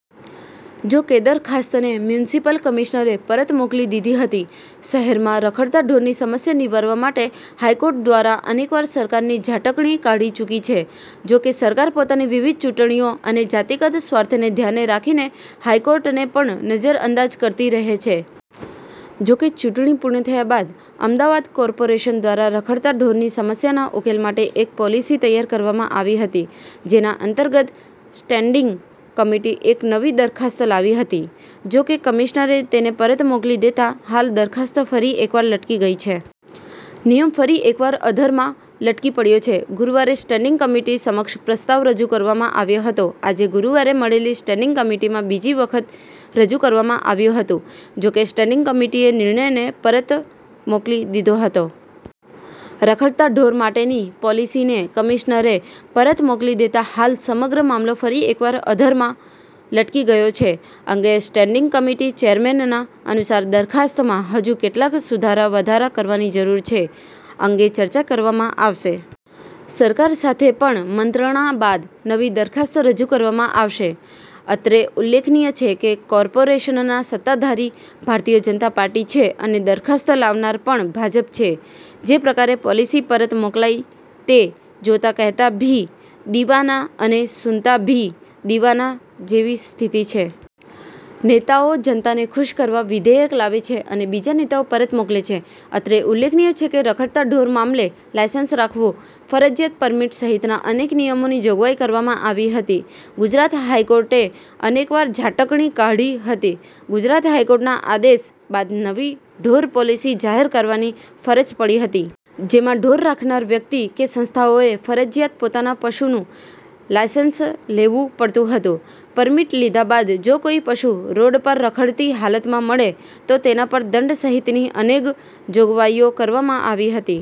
જો કેદરખાસ્તને મ્યુનિસિપલ કમિશનરે પરત મોકલી દીધી હતી. શહેરમાં રખડતા ઢોરની સમસ્યા નિવારવા માટે હાઇકોર્ટ દ્વારા અનેકવાર સરકારની ઝાટકણી કાઢી ચુકી છે. જો કે સરકાર પોતાની વિવિધ ચૂંટણીઓ અને જાતીગત સ્વાર્થને ધ્યાને રાખીને હાઇકોર્ટને પણ નજર અંદાજ કરતી રહે છે. જો કે ચૂંટણી પુર્ણ થયા બાદ અમદાવાદ કોર્પોરેશન દ્વારા રખડતા ઢોરની સમસ્યાના ઉકેલ માટે એક પોલિસી તૈયાર કરવામાં આવી હતી. જેના અંતર્ગત સ્ટેન્ડિંગ કમિટી એક નવી દરખાસ્ત લાવી હતી. જો કે કમિશ્નરે તેને પરત મોકલી દેતા હાલ દરખાસ્ત ફરી એકવાર લટકી ગઇ છે. નિયમ ફરી એકવાર અધરમાં લટકી પડ્યો છે. ગુરૂવારે સ્ટેન્ડિંગ કમિટી સમક્ષ પ્રસ્તાવ રજુ કરવામાં આવ્યો હતો આજે ગુરુવારે મળેલી સ્ટેન્ડિંગ કમિટીમાં બીજી વખતરજુ કરવામાં આવ્યું હતું. જો કે સ્ટેન્ડિંગ કમિટીએનિર્ણયને પરત મોકલી દીધો હતો. રખડતા ઢોર માટેની પોલીસીને કમિશનરે પરત મોકલી દેતા હાલ સમગ્ર મામલો ફરી એકવાર અધરમાં લટકી ગયો છે. અંગે સ્ટેન્ડિંગ કમિટી ચેરમેનના અનુસાર દરખાસ્તમાં હજુ કેટલાક સુધારા વધારા કરવાની જરૂર છે. અંગે ચર્ચા કરવામાં આવશે. સરકાર સાથે પણ મંત્રણા બાદ નવી દરખાસ્ત રજુ કરવામાં આવશે. અત્રે ઉલ્લેખનીય છે કે, કોર્પોરેશનના સત્તાધારી ભારતીય જનતા પાર્ટીછે અને દરખાસ્ત લાવનાર પણ ભાજપછે. જે પ્રકારે પોલિસી પરત મોકલાઇ તે જોતા કહેતા ભી દિવાના અને સુનતા ભી દિવાના જેવી સ્થિતિ છે. નેતાઓજનતાને ખુશ કરવા વિધેયક લાવે છે અને બીજા નેતાઓ પરત મોકલે છે. અત્રે ઉલ્લેખનીય છે કે રખડતાં ઢોર મામલે લાયસન્સ રાખવું, ફરજિયાત પરમીટ સહિતના અનેક નિયમોની જોગવાઇ કરવામાં આવી હતી. ગુજરાત હાઇકોર્ટે અનેકવાર ઝાટકણી કાઢી હતી ગુજરાત હાઇકોર્ટના આદેશ બાદનવી ઢોર પોલીસી જાહેર કરવાની ફરજ પડી હતી. જેમાં ઢોર રાખનાર વ્યક્તિ કે સંસ્થાઓએ ફરજીયાત પોતાના પશુનું લાયસન્સ લેવું પડતું હતું. પરમીટ લીધા બાદ જો કોઇ પશુ રોડ પર રખડતી હાલતમાં મળે તો તેના પર દંડ સહિતની અનેગ જોગવાઇઓ કરવામાં આવી હતી.